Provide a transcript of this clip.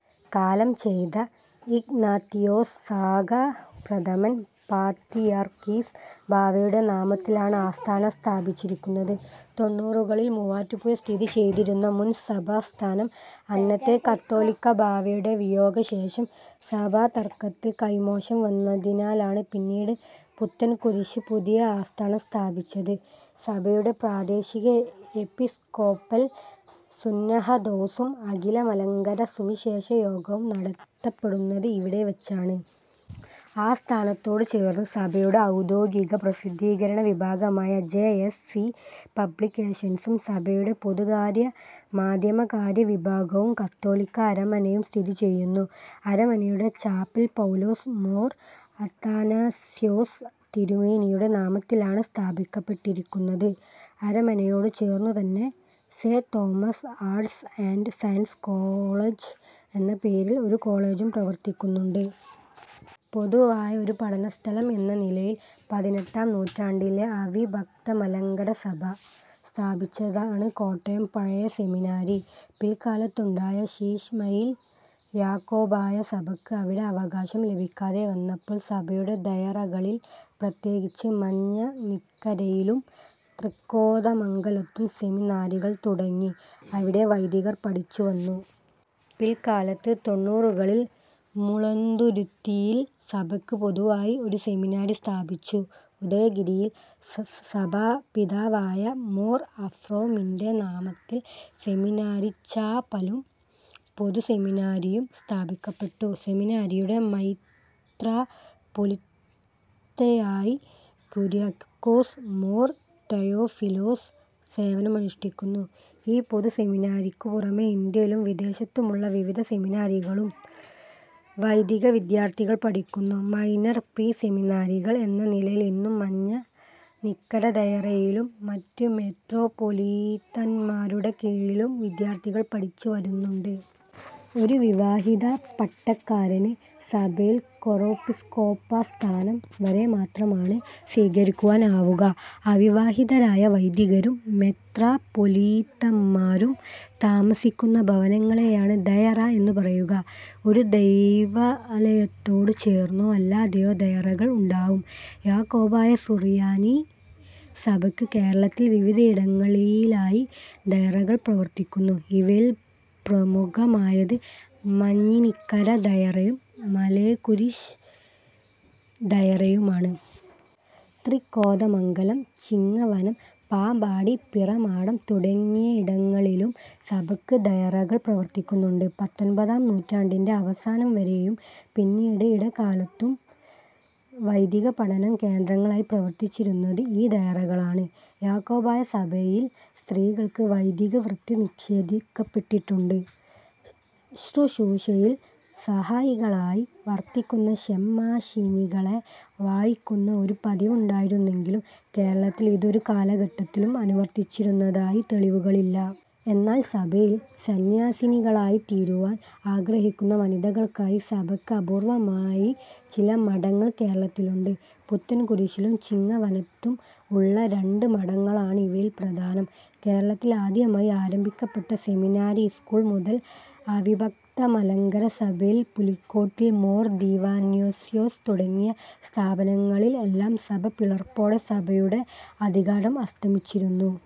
കാലം ചെയ്ത Ignatius Zakka പ്രഥമൻ പാത്രിയർക്കീസ് ബാവയുടെ നാമത്തിലാണ് ആസ്ഥാനം സ്ഥാപിച്ചിരിക്കുന്നത്. തൊണ്ണൂറുകളിൽ മുവാറ്റുപുഴ സ്ഥിതി ചെയ്തിരുന്ന മുൻ സഭാസ്ഥാനം അന്നത്തെ കാതോലിക്ക ബാവയുടെ വിയോഗശേഷം സഭാതർക്കത്തിൽ കൈമോശം വന്നതിനാലാണ് പിന്നീട് പുത്തൻകുരിശ് പുതിയ ആസ്ഥാനം സ്ഥാപിച്ചത്. സഭയുടെ പ്രാദേശിക എപ്പിസ്കോപ്പൽ സുന്നഹദോസും അഖില മലങ്കര സുവിശേഷ യോഗവും നടത്തപ്പെടുന്നത് ഇവിടെ വച്ചാണ്. ആസ്ഥാനത്തോട് ചേർന്ന് സഭയുടെ ഔദ്യോഗിക പ്രസിദ്ധീകരണ വിഭാഗമായ ജെ. എസ്. സി. പബ്ലിക്കേഷൻസും സഭയുടെ പൊതുകാര്യ-മാധ്യമകാര്യ വിഭാഗവും കാതോലിക്ക അരമനയും സ്ഥിതി ചെയ്യുന്നു. അരമനയുടെ ചാപ്പൽ പൌലോസ് മോർ അത്താനാസ്യോസ് തിരുമേനിയുടെ നാമത്തിലാണ് സ്ഥാപിക്കപ്പെട്ടിരിക്കുന്നത്. അരമനയോട് ചേർന്നുതന്നെ സെ. Thomas arts and science college എന്ന പേരിൽ ഒരു കോളജും പ്രവർത്തിക്കുന്നുണ്ട്. പൊതുവായ ഒരു പഠനസ്ഥലം എന്ന നിലയിൽ പതിനെട്ടാം നൂറ്റാണ്ടിലെ അവിഭക്ത മലങ്കര സഭ സ്ഥാപിച്ചതാണ് കോട്ടയം പഴയ സെമിനാരി. പിൽക്കാലത്തുണ്ടായ ശീശ്മയിൽ യാക്കോബായ സഭയ്ക്ക് അവിടെ അവകാശം ലഭിക്കാതെ വന്നപ്പോൾ സഭയുടെ ദയറകളിൽ പ്രത്യേകിച്ച് മഞ്ഞനിക്കരയിലും തൃക്കോതമംഗലത്തും സെമിനാരികൾ തുടങ്ങി അവിടേ വൈദികർ പഠിച്ച് വന്നു. പിൽക്കാലത്ത് തൊണ്ണുറുകളിൽ മുളന്തുരുത്തിയിൽ സഭയ്ക്ക് പൊതുവായി ഒരു സെമിനാരി സ്ഥാപിച്ചു. ഉദയഗിരിയിൽ സഭാപിതാവായ മോർ അഫ്രേമിന്റെ നാമത്തിൽ സെമിനാരിച്ചാപ്പലും പൊതുസെമിനാരിയും സ്ഥാപിക്കപ്പെട്ടു. സെമിനാരിയുടെ മെത്രാപ്പൊലീത്തയായി കുര്യാക്കോസ് മോർ തെയോഫിലോസ് സേവനമനുഷ്ഠിക്കുന്നു. ഈ പൊതു സെമിനാരിക്കു പുറമെ ഇന്ത്യയിലും വിദേശത്തുമുള്ള വിവിധ സെമിനാരികളിലും വൈദികവിദ്യാർത്ഥികൾ പഠിക്കുന്നു. മൈനർ/പ്രീ സെമിനാരികൾ എന്ന നിലയിൽ ഇന്നും മഞ്ഞനിക്കര ദയറയിലും മറ്റ് മെത്രാപ്പൊലീത്തന്മാരുടെ കീഴിലും വിദ്യാർത്ഥികൾ പഠിച്ചുവരുന്നുണ്ട്. ഒരു വിവാഹിത പട്ടക്കാരന് സഭയിൽ കോറെപ്പിസ്കോപ്പ സ്ഥാനം വരെ മാത്രമാണ് സ്വീകരിക്കുവാൻ ആവുക. അവിവാഹിതരായ വൈദികരും മെത്രാപ്പൊലീത്തമാരും താമസിക്കുന്ന ഭവനങ്ങളെയാണ് ദയറ എന്ന് പറയുക. ഒരു ദൈവാലയത്തോട് ചേർന്നോ അല്ലാതെയോ ദയറകൾ ഉണ്ടാവും. യാക്കോബായ സുറിയാനി സഭയ്ക്ക് കേരളത്തിൽ വിവിധയിടങ്ങളീലായി ദയറകൾ പ്രവർത്തിക്കുന്നു. ഇവയിൽ പ്രമുഖമായത് മഞ്ഞിനിക്കര ദയറയും മലേക്കുരിശ് ദയറയുമാണ്. തൃക്കോതമംഗലം, ചിങ്ങവനം, പാമ്പാടി, പിറമാടം തുടങ്ങിയിടങ്ങളിലും സഭയ്ക്ക് ദയറകൾ പ്രവർത്തിക്കുന്നുണ്ട്. പത്തൊന്മ്പതാം നൂറ്റാണ്ടിന്റെ അവസാനം വരെയും പിന്നീട് ഇടക്കാലത്തും വൈദികപഠന കേന്ദ്രങ്ങളായി പ്രവർത്തിച്ചിരുന്നത് ഈ ദയറകളാണ്. യാക്കോബായ സഭയിൽ സ്ത്രീകൾക്ക് വൈദികവൃത്തി നിഷേധിക്കപ്പെട്ടിട്ടുണ്ട്. ശുശ്രൂഷയിൽ സഹായികളായി വർത്തിക്കുന്ന ശെമ്മാശിനികളെ വാഴിക്കുന്ന ഒരു പതിവുണ്ടായിരുന്നെങ്കിലും കേരളത്തിൽ ഇത് ഒരു കാലഘട്ടത്തിലും അനുവർത്തിച്ചിരുന്നതായി തെളിവുകളില്ല. എന്നാൽ സഭയിൽ സന്ന്യാസിനികളായിത്തീരുവാൻ ആഗ്രഹിക്കുന്ന വനിതകൾക്കായി സഭയ്ക്ക് അപൂർവ്വമായി ചില മഠങ്ങൾ കേരളത്തിലുണ്ട്. പുത്തൻകുരിശിലും ചിങ്ങവനത്തും ഉള്ള രണ്ട് മഠങ്ങളാണ് ഇവയിൽ പ്രധാനം. കേരളത്തിൽ ആദ്യമായി ആരംഭിക്കപ്പെട്ട സെമിനാരി സ്കൂൾ മുതൽ അവിഭക്ത മലങ്കര സഭയിൽ പുലിക്കോട്ടിൽ മോർ ദീവന്നാസ്യോസ് തുടങ്ങിയ സ്ഥാപനങ്ങളിൽ എല്ലാം സഭാ പിളർപ്പോടെ സഭയുടെ അധികാരം അസ്തമിച്ചിരുന്നു.